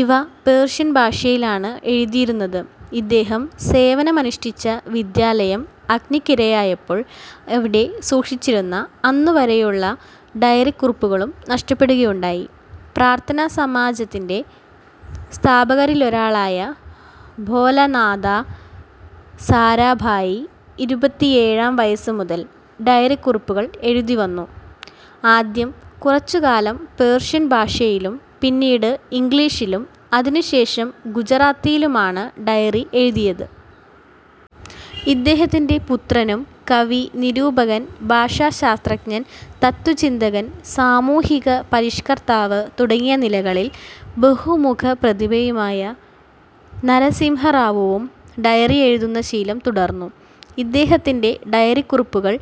ഇവ പേർഷ്യൻ ഭാഷയിലാണ് എഴുതിയിരുന്നത്. ഇദ്ദേഹം സേവനമനുഷ്ഠിച്ച വിദ്യാലയം അഗ്നിക്കിരയായപ്പോൾ അവിടെ സൂക്ഷിച്ചിരുന്ന അന്നുവരെയുള്ള ഡയറിക്കുറിപ്പുകളും നഷ്ടപ്പെടുകയുണ്ടായി. പ്രാർഥനാസമാജത്തിന്റെ സ്ഥാപകരിലൊരാളായ ഭോലാനാഥ സാരാഭായി ഇരുപത്തിയേഴാം വയസ്സു മുതൽ ഡയറിക്കുറിപ്പുകൾ എഴുതി വന്നു. ആദ്യം കുറച്ചുകാലം പേർഷ്യൻ ഭാഷയിലും പിന്നീട് ഇംഗ്ലീഷിലും അതിനുശേഷം ഗുജറാത്തിയിലും ആണ് ഡയറി എഴുതിയത്. ഇദ്ദേഹത്തിന്റെ പുത്രനും, കവി, നിരൂപകൻ, ഭാഷാശാസ്ത്രജ്ഞൻ, തത്ത്വചിന്തകൻ, സാമൂഹിക പരിഷ്കർത്താവ് തുടങ്ങിയ നിലകളിൽ ബഹുമുഖപ്രതിഭയുമായ നരസിംഹറാവുവും ഡയറി എഴുതുന്ന ശീലം തുടർന്നു. ഇദ്ദേഹത്തിന്റെ ഡയറിക്കുറിപ്പുകൾ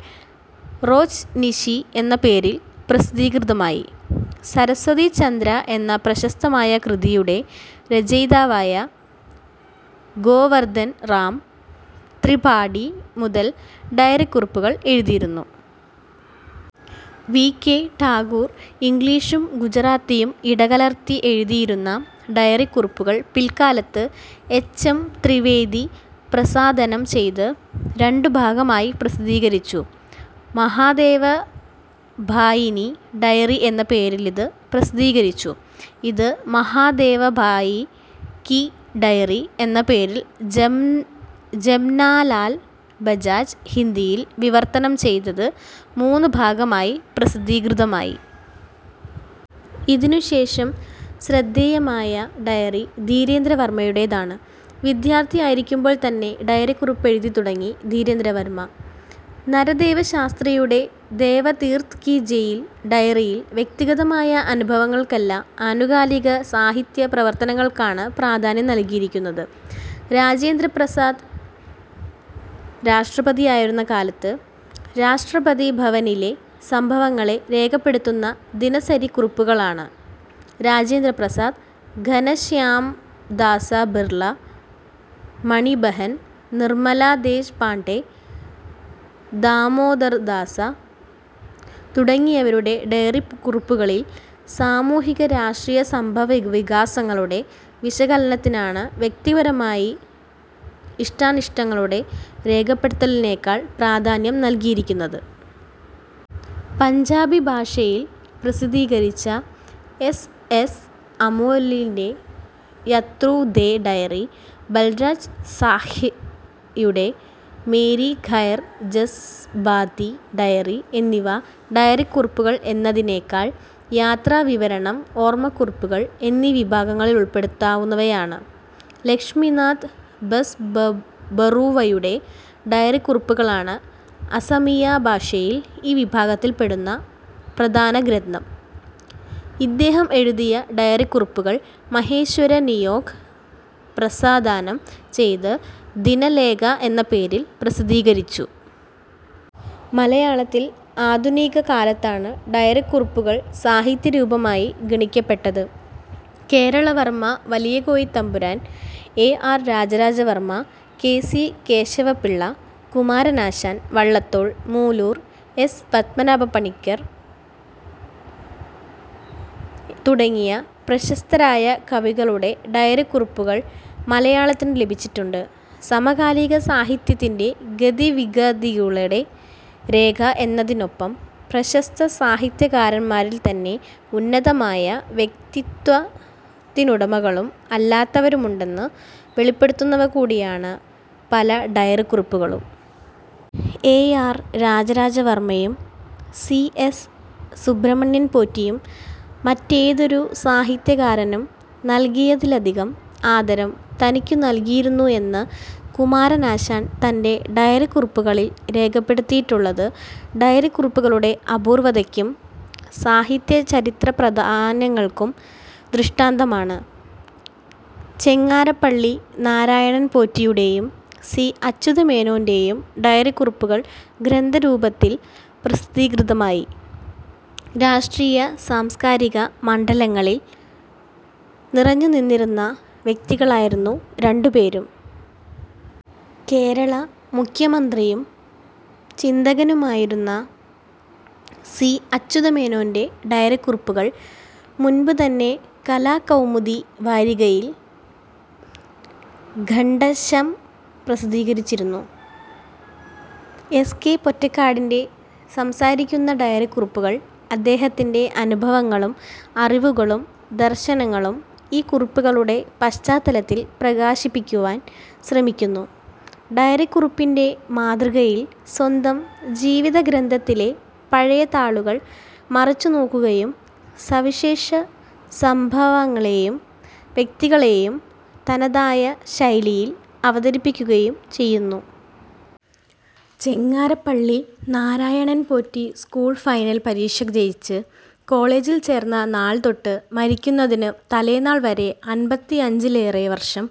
റോജ്നിശി എന്ന പേരിൽ പ്രസിദ്ധീകൃതമായി. സരസ്വതിചന്ദ്ര എന്ന പ്രശസ്ത കൃതിയുടെ രചയ്താവായ ഗോവർധൻ റാം ത്രിപാഠി മുതൽ ഡയറിക്കുറിപ്പുകൾ എഴുതിയിരുന്നു. വി. കെ. ഠാകൂർ ഇംഗ്ലീഷും ഗുജറാത്തിയും ഇടകലർത്തി എഴുതിയിരുന്ന ഡയറിക്കുറിപ്പുകൾ പിൽക്കാലത്ത് എച്ച്. എം. ത്രിവേദി പ്രസാധനം ചെയ്ത് രണ്ടു ഭാഗമായി പ്രസീദ്ധീകരിച്ചു. മഹാദേവഭായിനി ഡയറി എന്ന പേരിലിതു പ്രസിദ്ധീകരിച്ചു. ഇത് മഹാദേവഭായി കി ഡയറി എന്ന പേരിൽ ജമ്നാലാൽ ബജാജ് ഹിന്ദിയിൽ വിവർത്തനം ചെയ്തത്, മൂന്നു ഭാഗമായി പ്രസിദ്ധീകൃതമായി. ഇതിനുശേഷം ശ്രദ്ധേയമായ ഡയറി ധീരേന്ദ്രവർമയുടേതാണ്. വിദ്യാർഥിയായിരിക്കുമ്പോൾത്തന്നെ ഡയറിക്കുറിപ്പെഴുതിത്തുടങ്ങി ധീരേന്ദ്രവർമ. നരദേവശാസ്ത്രിയുടെ വേദതീർഥ് കി ജയിൽ ഡയറിയിൽ വ്യക്തിഗതമായ അനുഭവങ്ങൾക്കല്ല, ആനുകാലിക സാഹിത്യ പ്രവർത്തനങ്ങൾക്കാണ് പ്രാധാന്യം നൽകിയിരിക്കുന്നത്. രാജേന്ദ്രപ്രസാദ് രാഷ്ട്രപതിയായിരുന്ന കാലത്ത് രാഷ്ട്രപതിഭവനിലെ സംഭവങ്ങളെ രേഖപ്പെടുത്തുന്ന ദിനസരിക്കുറിപ്പുകളാണ്. രാജേന്ദ്രപ്രസാദ്, ഘനശ്യാമ്ദാസ ബിർല, മണിബഹൻ ,നിർമ്മല ദേശ്പാണ്ഡെ, ദാമോദർദാസ തുടങ്ങിയവരുടെ ഡയറിക്കുറിപ്പുകളിൽ സാമൂഹിക രാഷ്ട്രീയ സംഭവവികാസങ്ങളുടെ വിശകലനത്തിനാണ്, വ്യക്തിപരമായ ഇഷ്ടാനിഷ്ടങ്ങളുടെ രേഖപ്പെടുത്തലിനേക്കാൾ പ്രാധാന്യം നൽകിയിരിക്കുന്നത്. പഞ്ചാബി ഭാഷയിൽ പ്രസിദ്ധീകരിച്ച എസ്. എസ്. അമോലിന്റെ യത്രു ദെ ഡയറി, ബൽരാജ് സാഹ്നിയുടെ മേരി ഘൈർ ജസ്ബാതി ഡയറി എന്നിവ ഡയറിക്കുറിപ്പുകൾ എന്നതിനെക്കാൾ യാത്രാവിവരണം, ഓർമക്കുറിപ്പുകൾ എന്നീവിഭാഗങ്ങളിലുൾപ്പെടുത്താവുന്നവയാണ്. ലക്ഷമീ നാഥ് ബസ്ബറുവയുടെ ഡയറിക്കുറിപ്പുകളാണ് അസമിയ ഭാഷയിൽ ഈ വിഭാഗത്തിൽപ്പെടുന്ന പ്രധാന ഗ്രന്ഥം. ഇദ്ദേഹം എഴുതിയ ഡയറിക്കുറിപ്പുകൾ മഹേശ്വര നിയോഗ് പ്രസാധനം ചെയ്ത് ദിനലേഖ എന്ന പേരിൽ പ്രസിദ്ധീകരിച്ചു. മലയാളത്തിൽ ആധുനിക കാലത്താണ് ഡയറിക്കുറിപ്പുകൾ സാഹിത്യരൂപമായി ഗണിക്കപ്പെട്ടത്. Kerala Varma Valiyakoithampuran, A. R. Rajaraja Varma, K. C. Kesava Pillai, Kumaranasan, Vallathol, Moolur S. Padmanabhapanicker തുടങ്ങിയ പ്രശസ്തരായ കവികളുടെ ഡയറിക്കുറിപ്പുകൾ മലയാളത്തിനു ലഭിച്ചിട്ടുണ്ട്. സമകാലിക സാഹിത്യത്തിന്റെ ഗതിവിഗതികളുടെ രേഖ എന്നതിനൊപ്പം പ്രശസ്ത സാഹിത്യകാരന്മാരിൽത്തന്നെ ഉന്നതമായ വ്യക്തിത്വത്തിനുടമകളും അല്ലാത്തവരുമുണ്ടെന്നു വെളിപ്പെടുത്തുന്നവകൂടിയാണ് പല ഡയറിക്കുറിപ്പുകളും. ഏ. ആർ. രാജരാജവർമയും സി. എസ്. സുബ്രഹ്മണ്യൻ പോറ്റിയും മറ്റേതൊരു സാഹിത്യകാരനും നൽകിയതിലധികം ആദരം തനിക്കു നൽകിയിരുന്നു എന്ന് കുമാരനാശാൻ തന്റെ ഡയറിക്കുറിപ്പുകളിൽ രേഖപ്പെടുത്തിയിട്ടുള്ളത് ഡയറിക്കുറിപ്പുകളുടെ അപൂർവതക്കും സാഹിത്യ ചരിത്ര പ്രാധാന്യങ്ങൾക്കും ദൃഷ്ടാന്തമാണ്. ചെങ്ങാരപ്പള്ളി നാരായണൻ പോറ്റിയുടേയും സി. അച്യുതമേനോന്റേയും ഡയറിക്കുറിപ്പുകൾ ഗ്രന്ഥരൂപത്തിൽ പ്രസിദ്ധീകൃതമായി. രാഷ്ട്രീയ, സാംസ്കാരിക മണ്ഡലങ്ങളിൽ നിറഞ്ഞുനിന്നിരുന്ന വ്യക്തികളായിരുന്നു രണ്ടുപേരും. കേരള മുഖ്യമന്ത്രിയും ചിന്തകനുമായിരുന്ന സി. അച്യുതമേനോന്റെ ഡയറിക്കുറിപ്പുകൾ മുൻപുതന്നെ കലാകൗമുദി വാരികയിൽ ഖണ്ഡശഃ പ്രസിദ്ധീകരിച്ചിരുന്നു. എസ്. കെ. പൊറ്റക്കാടിന്റെ സംസാരിക്കുന്ന ഡയറിക്കുറിപ്പുകൾ അദ്ദേഹത്തിന്റെ അനുഭവങ്ങളും അറിവുകളും ദർശനങ്ങളും ഈ കുറിപ്പുകളുടെ പശ്ചാത്തലത്തിൽ പ്രകാശിപ്പിക്കുവാൻ ശ്രമിക്കുന്നു. ഡയറിക്കുറിപ്പിന്റെ മാതൃകയിൽ സ്വന്തം ജീവിതഗ്രന്ഥത്തിലെ പഴയ താളുകൾ മറിച്ചു നോക്കുകയും സവിശേഷ സംഭവങ്ങളേയും വ്യക്തികളേയും തനതായ ശൈലിയിൽ അവതരിപ്പിക്കുകയും ചെയ്യുന്നു. ചെങ്ങാരപ്പള്ളി നാരായണൻ പോറ്റി സ്കൂൾ ഫൈനൽ പരീക്ഷ ജയിച്ച് കോളജിൽ ചേർന്ന നാൾതൊട്ട് മരിക്കുന്നതിനു തലേനാൾ വരെ അൻപത്തിഅഞ്ചിലേറെ വർഷം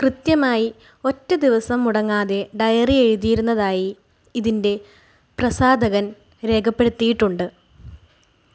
കൃത്യമായി, ഒറ്റ ദിവസം മുടങ്ങാതെ ഡയറി എഴുതിയിരുന്നതായി ഇതിന്റെ പ്രസാധകൻ രേഖപ്പെടുത്തിയിട്ടുണ്ട്.